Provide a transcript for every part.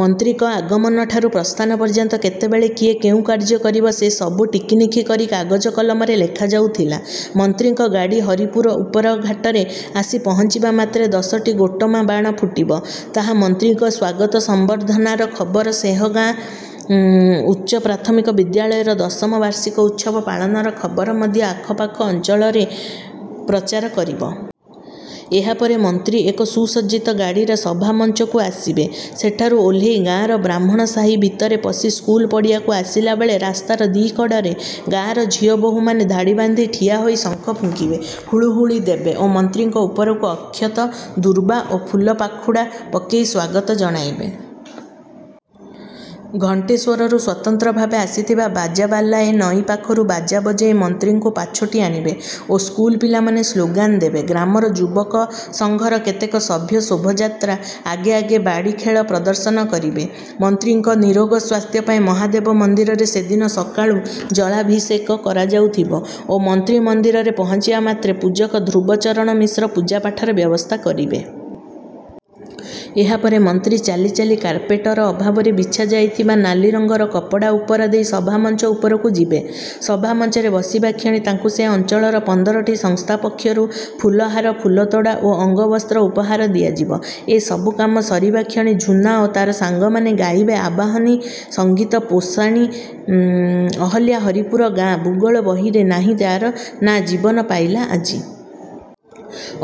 ମନ୍ତ୍ରୀଙ୍କ ଆଗମନଠାରୁ ପ୍ରସ୍ଥାନ ପର୍ଯ୍ୟନ୍ତ କେତେବେଳେ କିଏ କେଉଁ କାର୍ଯ୍ୟ କରିବ ସେ ସବୁ ଟିକିନିଖି କରି କାଗଜ କଲମରେ ଲେଖା ଯାଉଥିଲା। ମନ୍ତ୍ରୀଙ୍କ ଗାଡ଼ି ହରିପୁର ଉପରଘାଟରେ ଆସି ପହଞ୍ଚିବା ମାତ୍ରେ ଦଶଟି ଗୋଟମା ବାଣ ଫୁଟିବ। ତାହା ମନ୍ତ୍ରୀଙ୍କ ସ୍ୱାଗତ ସମ୍ବର୍ଦ୍ଧନାର ଖବର ସହ ଗାଁ ଉଚ୍ଚପ୍ରାଥମିକ ବିଦ୍ୟାଳୟର ଦଶମ ବାର୍ଷିକ ଉତ୍ସବ ପାଳନର ଖବର ମଧ୍ୟ ଆଖପାଖ ଅଞ୍ଚଳରେ ପ୍ରଚାର କରିବ। ଏହାପରେ ମନ୍ତ୍ରୀ ଏକ ସୁସଜ୍ଜିତ ଗାଡ଼ିରେ ସଭା ମଞ୍ଚକୁ ଆସିବେ। ସେଠାରୁ ଓହ୍ଲେଇ ଗାଁର ବ୍ରାହ୍ମଣ ସାହି ଭିତରେ ପଶି ସ୍କୁଲ ପଡ଼ିଆକୁ ଆସିଲାବେଳେ ରାସ୍ତାର ଦି କଡ଼ରେ ଗାଁର ଝିଅ ବୋହୂମାନେ ଧାଡ଼ି ବାନ୍ଧି ଠିଆହୋଇ ଶଙ୍ଖ ଫୁଙ୍କିବେ, ହୁଳହୁଳି ଦେବେ ଓ ମନ୍ତ୍ରୀଙ୍କ ଉପରକୁ ଅକ୍ଷତ, ଦୁର୍ବା ଓ ଫୁଲ ପାଖୁଡ଼ା ପକେଇ ସ୍ୱାଗତ ଜଣାଇବେ। ଘଣ୍ଟେଶ୍ୱରରୁ ସ୍ୱତନ୍ତ୍ର ଭାବେ ଆସିଥିବା ବାଜାବାଲାଏ ନଈ ପାଖରୁ ବାଜା ବଜେଇ ମନ୍ତ୍ରୀଙ୍କୁ ପାଛୋଟି ଆଣିବେ ଓ ସ୍କୁଲ ପିଲାମାନେ ସ୍ଲୋଗାନ ଦେବେ। ଗ୍ରାମର ଯୁବକସଂଘର କେତେକ ସଭ୍ୟ ଶୋଭାଯାତ୍ରା ଆଗେ ଆଗେ ବାଡ଼ି ଖେଳ ପ୍ରଦର୍ଶନ କରିବେ। ମନ୍ତ୍ରୀଙ୍କ ନିରୋଗ ସ୍ୱାସ୍ଥ୍ୟ ପାଇଁ ମହାଦେବ ମନ୍ଦିରରେ ସେଦିନ ସକାଳୁ ଜଳାଭିଷେକ କରାଯାଉଥିବ ଓ ମନ୍ତ୍ରୀ ମନ୍ଦିରରେ ପହଞ୍ଚିବା ମାତ୍ରେ ପୂଜକ ଧ୍ରୁବଚରଣ ମିଶ୍ର ପୂଜାପାଠର ବ୍ୟବସ୍ଥା କରିବେ। ଏହାପରେ ମନ୍ତ୍ରୀ ଚାଲି ଚାଲି କାର୍ପେଟର ଅଭାବରେ ବିଛା ଯାଇଥିବା ନାଲି ରଙ୍ଗର କପଡ଼ା ଉପର ଦେଇ ସଭାମଞ୍ଚ ଉପରକୁ ଯିବେ। ସଭା ମଞ୍ଚରେ ବସିବା କ୍ଷଣି ତାଙ୍କୁ ସେ ଅଞ୍ଚଳର ପନ୍ଦରଟି ସଂସ୍ଥା ପକ୍ଷରୁ ଫୁଲହାର, ଫୁଲତୋଡ଼ା ଓ ଅଙ୍ଗବସ୍ତ୍ର ଉପହାର ଦିଆଯିବ। ଏ ସବୁକାମ ସରିବା କ୍ଷଣି ଝୁନା ଓ ତାର ସାଙ୍ଗମାନେ ଗାଇବେ ଆବାହନୀ ସଂଗୀତ ପାଷାଣୀ ଅହଲ୍ୟା ହରିପୁର ଗାଁ, ଭୂଗୋଳ ବହିରେ ନାହିଁ ଯାର ନାଁ, ଜୀବନ ପାଇଲା ଆଜି।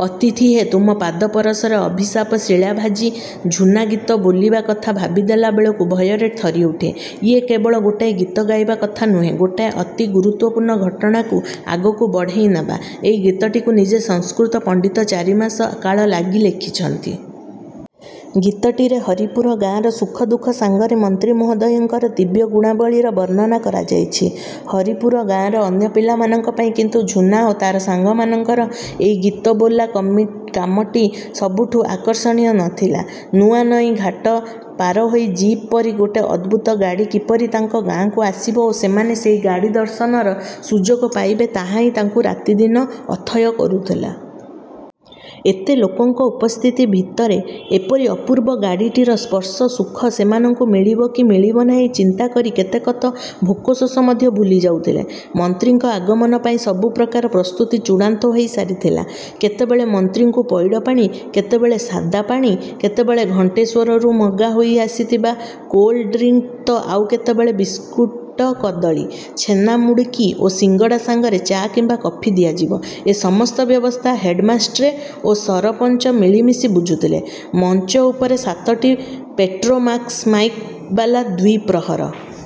ଅତିଥି ହେ, ତୁମ ପାଦ ପରଶରେ ଅଭିଶାପ ଶିଳା ଭାଜି। ଝୁନା ଗୀତ ବୋଲିବା କଥା ଭାବିଦେଲା ବେଳକୁ ଭୟରେ ଥରି ଉଠେ। ଇଏ କେବଳ ଗୋଟାଏ ଗୀତ ଗାଇବା କଥା ନୁହେଁ, ଗୋଟାଏ ଅତି ଗୁରୁତ୍ୱପୂର୍ଣ୍ଣ ଘଟଣାକୁ ଆଗକୁ ବଢ଼େଇ ନେବା। ଏଇ ଗୀତଟିକୁ ନିଜେ ସଂସ୍କୃତ ପଣ୍ଡିତ ଚାରିମାସ କାଳ ଲାଗି ଲେଖିଛନ୍ତି। ଗୀତଟିରେ ହରିପୁର ଗାଁର ସୁଖ ଦୁଃଖ ସାଙ୍ଗରେ ମନ୍ତ୍ରୀ ମହୋଦୟଙ୍କର ଦିବ୍ୟ ଗୁଣାବଳୀର ବର୍ଣ୍ଣନା କରାଯାଇଛି। ହରିପୁର ଗାଁର ଅନ୍ୟ ପିଲାମାନଙ୍କ ପାଇଁ କିନ୍ତୁ ଝୁନା ଓ ତାର ସାଙ୍ଗମାନଙ୍କର ଏଇ ଗୀତବୋଲା କାମଟି ସବୁଠୁ ଆକର୍ଷଣୀୟ ନ ଥିଲା। ନୂଆନଈ ଘାଟ ପାର ହୋଇ ଜିପ୍ ପରି ଗୋଟେ ଅଦ୍ଭୁତ ଗାଡ଼ି କିପରି ତାଙ୍କ ଗାଁକୁ ଆସିବ ଓ ସେମାନେ ସେଇ ଗାଡ଼ି ଦର୍ଶନର ସୁଯୋଗ ପାଇବେ ତାହା ହିଁ ତାଙ୍କୁ ରାତିଦିନ ଅଥୟ କରୁଥିଲା। ଏତେ ଲୋକଙ୍କ ଉପସ୍ଥିତି ଭିତରେ ଏପରି ଅପୂର୍ବ ଗାଡ଼ିଟିର ସ୍ପର୍ଶ ସୁଖ ସେମାନଙ୍କୁ ମିଳିବ କି ମିଳିବ ନାହିଁ ଚିନ୍ତା କରି କେତେକ ତ ଭୋକଶୋଷ ମଧ୍ୟ ଭୁଲି ଯାଉଥିଲେ। ମନ୍ତ୍ରୀଙ୍କ ଆଗମନ ପାଇଁ ସବୁ ପ୍ରକାର ପ୍ରସ୍ତୁତି ଚୂଡ଼ାନ୍ତ ହୋଇ ସାରିଥିଲା। କେତେବେଳେ ମନ୍ତ୍ରୀଙ୍କୁ ପଇଡ଼ ପାଣି, କେତେବେଳେ ସାଦା ପାଣି, କେତେବେଳେ ଘଣ୍ଟେଶ୍ୱରରୁ ମଗା ହୋଇ ଆସିଥିବା କୋଲ୍ଡ ଡ୍ରିଙ୍କ ତ ଆଉ କେତେବେଳେ ବିସ୍କୁଟ କଦଳୀ, ଛେନା-ମୁଡ୍କି ଓ ସିଙ୍ଗଡ଼ା ସାଙ୍ଗରେ ଚା କିମ୍ବା କଫି ଦିଆଯିବ, ଏ ସମସ୍ତ ବ୍ୟବସ୍ଥା ହେଡ୍‌ମାଷ୍ଟ୍ରେ ଓ ସରପଞ୍ଚ ମିଳିମିଶି ବୁଝୁଥିଲେ। ମଞ୍ଚ ଉପରେ ସାତଟି ପେଟ୍ରୋମାକ୍ସମାଇକ୍ ବାଲା ଦ୍ୱିପ୍ରହର।